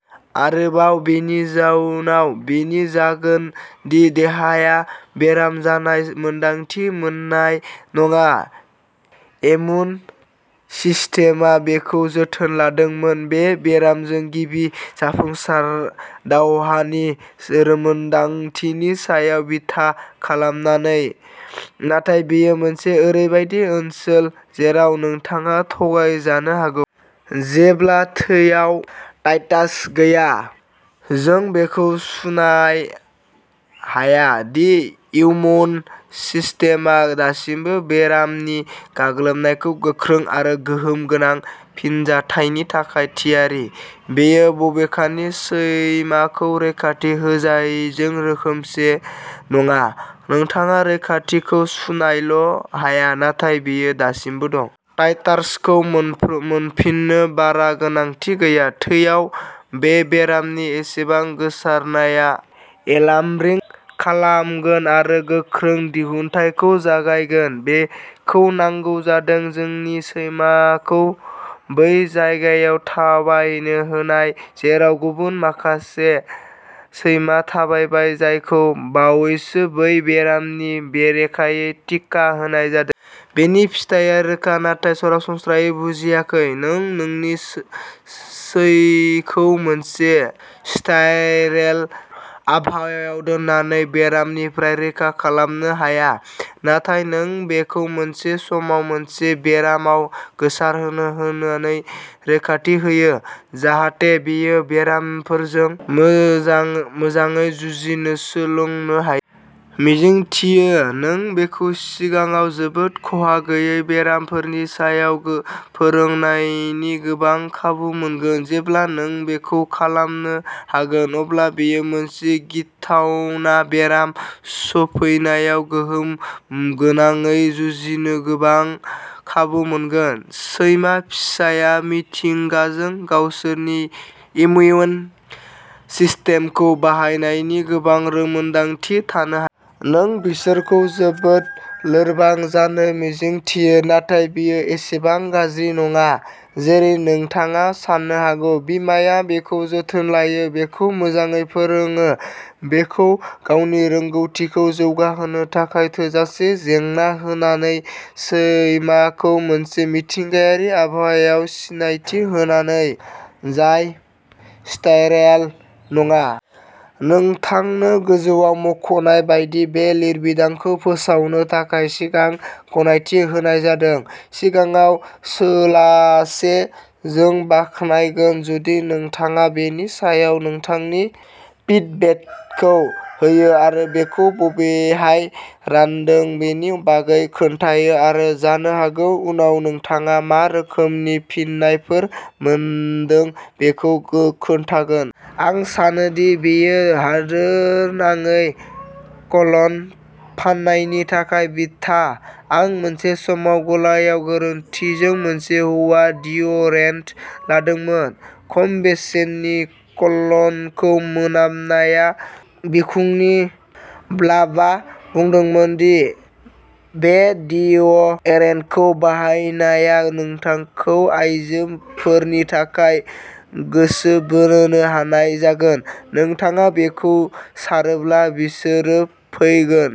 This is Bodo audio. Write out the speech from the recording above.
आरोबाव, बेनि जाउनआ बेनो जागोन दि देहाया बेराम जानाय मोन्दांथि मोननाय नङा। इम्युन सिस्टेमआ बेखौ जोथोन लादोंमोन, बे बेरामजों गिबि जाफुंसार दावहानि रोंमोनदांथिनि सायाव बिथा खालामनानै। नाथाय बेयो मोनसे ओरैबायदि ओनसोल जेराव नोंथाङा थगायजानो हागौ। जेब्ला थैयाव टाइटार्स गैया, जों बेखौ सुनाय हाया दि इम्युन सिस्टेमआ दासिमबो बेरामनि गाग्लोबनायखौ गोख्रै आरो गोहोम गोनां फिनजाथायनि थाखाय थियारि! बेयो, बबेखानि, सैमाखौ रैखाथि होजायैजों रोखोमसे नङा! नोंथाङा रैखाथिखौ सुनायल'हाया नाथाय बेयो दासिमबो दं। टाइटार्सखौ मोनफिन्नो बारा गोनांथि गैया। थैआव। बे बेरामनि एसेबो गोसारनाया एलार्म रिं खालामगोन आरो गोख्रै दिहुनथायखौ जागायगोन। बेखौ नांगौ जादों नोंनि सैमाखौ बै जायगायाव थाबायनो होनाय जेराव गुबुन मासे सैमाया थाबायबाय जायखौ बावैसो बै बेरामनि बेरेखायै टिका होनाय जादोंमोन। बेनि फिथाइया रोखा, नाथाय सरासनस्रायै बुजियाखैः नों नोंनि सैखौ मोनसे स्टेराइल आबहावायाव दोननानै बेरामनिफ्राय रैखा खालामनो हाया। नाथाय नों बेखौ मोनसे समाव मोनसे बेरामाव गोसारहोनो होनानै रैखाथि होयो, जाहाथे बेयो बेरामफोरजों मोजाङै जुजिनो सोलोंनो हायो। मिजिंथियो, नों बेखौ सिगाङाव जोबोद खहा गैयै बेरामफोरनि सायाव फोरोंनायनि गोबां खाबु मोनगोन। जेब्ला नों बेखौ खालामनो हागोन, अब्ला बेयो मोनसे गिथावना बेराम सौफैनायाव गोहोम गोनाङै जुजिनो गोबां खाबु मोनगोन। सैमा फिसाया, मिथिंगाजों, गावसोरनि इमिउन सिस्टेमखौ बाहायनायनि गोबां रोंमोनदांथि थानो हाया। नों बिसोरखौ जोबोद लोरबां जानो मिजिंथियो। नाथाय बेयो एसेबां गाज्रि नङा। जेरै नोंथाङा सानो हागौ-बिमाया बेखौ जोथोन लायो! बेखौ मोजाङै फोरों, बेखौ गावनि रोंग'थिखौ जौगाहोनो थाखाय थोजासे जेंना होनानै, सैमाखौ मोनसे मिथिंगायारि आबहावायाव सिनायथि होनानै, जाय स्टेराइल नङा। नोंथांनो गोजौआव मख'नाय बायदि बे लिरबिदांखौ फोसावनो थाखाय सिगां गनायथि होनाय जादों, सिगाङाव सोंालासे। जों बाख्नायगोन जुदि नोंथाङा बेनि सायाव नोंथांनि फिडबेकखौ होयो आरो बेखौ बबेहाय रानदों बेनि बागै खोन्थायो-आरो जानो हागौ उनाव नोंथांहा मा रोखोमनि फिननायफोर मोनदों बेखौबो खोन्थागोन। आं सानोदि बेयो हादोरनाङै क'लन फान्नायनि थाखाय बिथा। आं मोनसे समाव गलायाव गोरोन्थिजों मोनसे "हौवा" डिअ'डरेन्ट लादोंमोन। खम बेसेननि क'लनखौ मोनामनाय। बिखुंनि ब्लार्बआ बुंदोंमोन दि बे डिअ'डरेन्टखौ बाहायनाया नोंथांखौ आइजोफोरनि थाखाय गोसो बोनो हानाय जागोनः "नोंथाङा बेखौ सारोब्ला, बिसोर फैगोन।